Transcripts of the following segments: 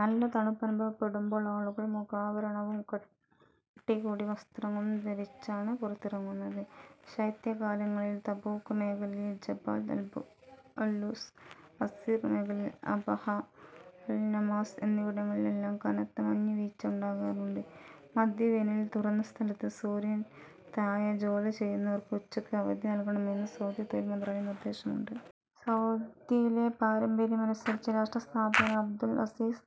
നല്ല തണുപ്പ് അനുഭവപ്പെടുമ്പോൾ ആളുകൾ മുഖാവരണവും കട്ടി കൂടിയ വസ്ത്രങ്ങളും ധരിച്ചാണ് പുറത്തിറങ്ങുന്നത്. ശൈത്യ കാലങ്ങളിൽ തബൂക്ക് മേഖലയിൽ ജബൽ അൽലൂസ്, അസീർ മേഖലയിൽ അബഹ, അൽ നമാസ് എന്നിവിടങ്ങളിലെല്ലാം കനത്ത മഞ്ഞുവീഴ്ച ഉണ്ടാകാറുണ്ട്. മധ്യവേനലിൽ തുറന്ന സ്ഥലത്ത് സൂര്യന് താഴെ ജോലി ചെയ്യുന്നവർക്ക് ഉച്ചക്ക് അവധി നൽകണമെന്ന് സൗദി തൊഴിൽ മന്ത്രാലം നിർദ്ദേശമുണ്ട്. സൗദിയിലെ പാരമ്പര്യമനുസരിച്ച്, രാഷ്ട്ര സ്ഥാപകൻ അബ്ദുൽ അസീസ്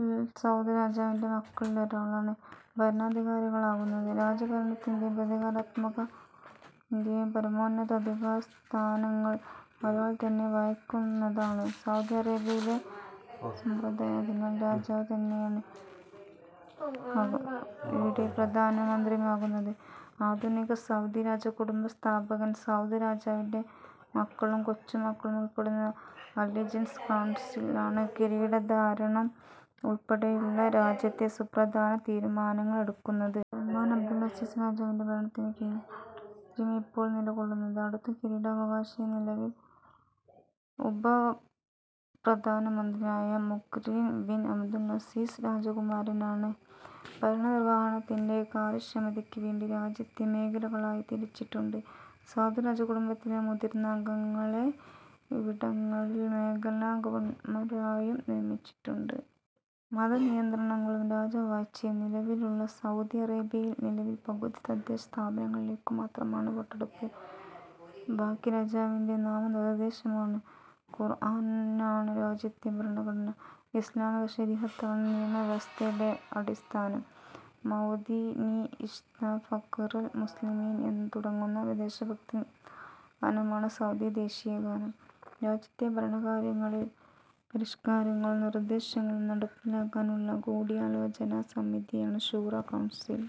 അൽ സൗദ് രാജാവിന്റെ മക്കളിലൊരാളാണ് ഭരണാധികാരികളാകുന്നത്. രാജഭരണത്തിന്റേയും പ്രതീകാത്മക ജനാധിപത്യത്തിന്റേയും പരമോന്നത അധികാരസ്ഥാനങ്ങൾ ഒരാൾ തന്നെ വഹിക്കുന്നതാണ് സൗദി അറേബ്യയിലെ ഭരണസമ്പ്രദായം. അതിനാൽ രാജാവ് തന്നെയാണ് ഇവിടെ പ്രധാനമന്ത്രിയും ആകുന്നത്. ആധുനിക സൗദി രാജകുടുംബ സ്ഥാപകൻ സൗദ് രാജാവിന്റെ മക്കളും കൊച്ചുമക്കളും ഉൾപ്പെടുന്ന അലിജൻസ് കൗൺസിൽ ആണ് കിരീടധാരണം ഉൾപ്പെടെയുള്ള രാജ്യത്തെ സുപ്രധാന തീരുമാനങ്ങൾ എടുക്കുന്നത്. സല്മാൻ അബ്ദുൾ അസീസ് രാജാവിന്റെ ഭരണത്തിനു കീഴിൽ ആണ് രാജ്യം ഇപ്പോൾ നില കൊള്ളുന്നത്. അടുത്ത കിരീട അവകാശി നിലവിൽ ഉപപ്രധാനമന്ത്രിയായ മുഖ്-രിൻ ബിൻ അബ്ദുൽ അസീസ് രാജകുമാരൻ ആണ്. ഭരണനിർവഹണത്തിന്റെ കാര്യക്ഷമതക്ക് വേണ്ടി രാജ്യത്തെ മേഖലകളായി തിരിച്ചിട്ടുണ്ട്. സൗദ് രാജകുടുംബത്തിലെ മുതിർന്ന അംഗങ്ങളെ ഇവിടങ്ങളിൽ മേഖലാ ഗവർണർമാരായും നിയമിച്ചിട്ടുണ്ട്. മതനിയന്ത്രണങ്ങളും രാജവാഴ്ചയും നിലവിലുള്ള സൗദി അറേബ്യയിൽ നിലവിൽ പകുതി തദ്ദേശസ്ഥാപനങ്ങളിലേക്കു മാത്രമാണ് വോട്ടെടുപ്പ്. ബാക്കി രാജാവിന്റെ നാമനിർദ്ദേശമാണ്. ഖുർആനാണ് രാജ്യത്തെ ഭരണഘടന. ഇസ്ലാമിക ശരിഅത്ത് ആണ് നിയമവ്യവസ്ഥയുടെ അടിസ്ഥാനം. മൗതിനീ, ഇശ്ത ഫഖ്റൽ മുസ്ലിമീൻ എന്ന് തുടങ്ങുന്ന ദേശഭക്തി നിറഞ്ഞ ഗാനമാണ് സൗദി ദേശീയഗാനം. രാജ്യത്തെ ഭരണ കാര്യങ്ങളിൽ പരിഷ്കാരങ്ങളും നിർദ്ദേശങ്ങളും നടപ്പാക്കാൻ ഉള്ള കൂടിയാലോചനാ സമിതിയാണ് ശൂറ കൗൺസിൽ.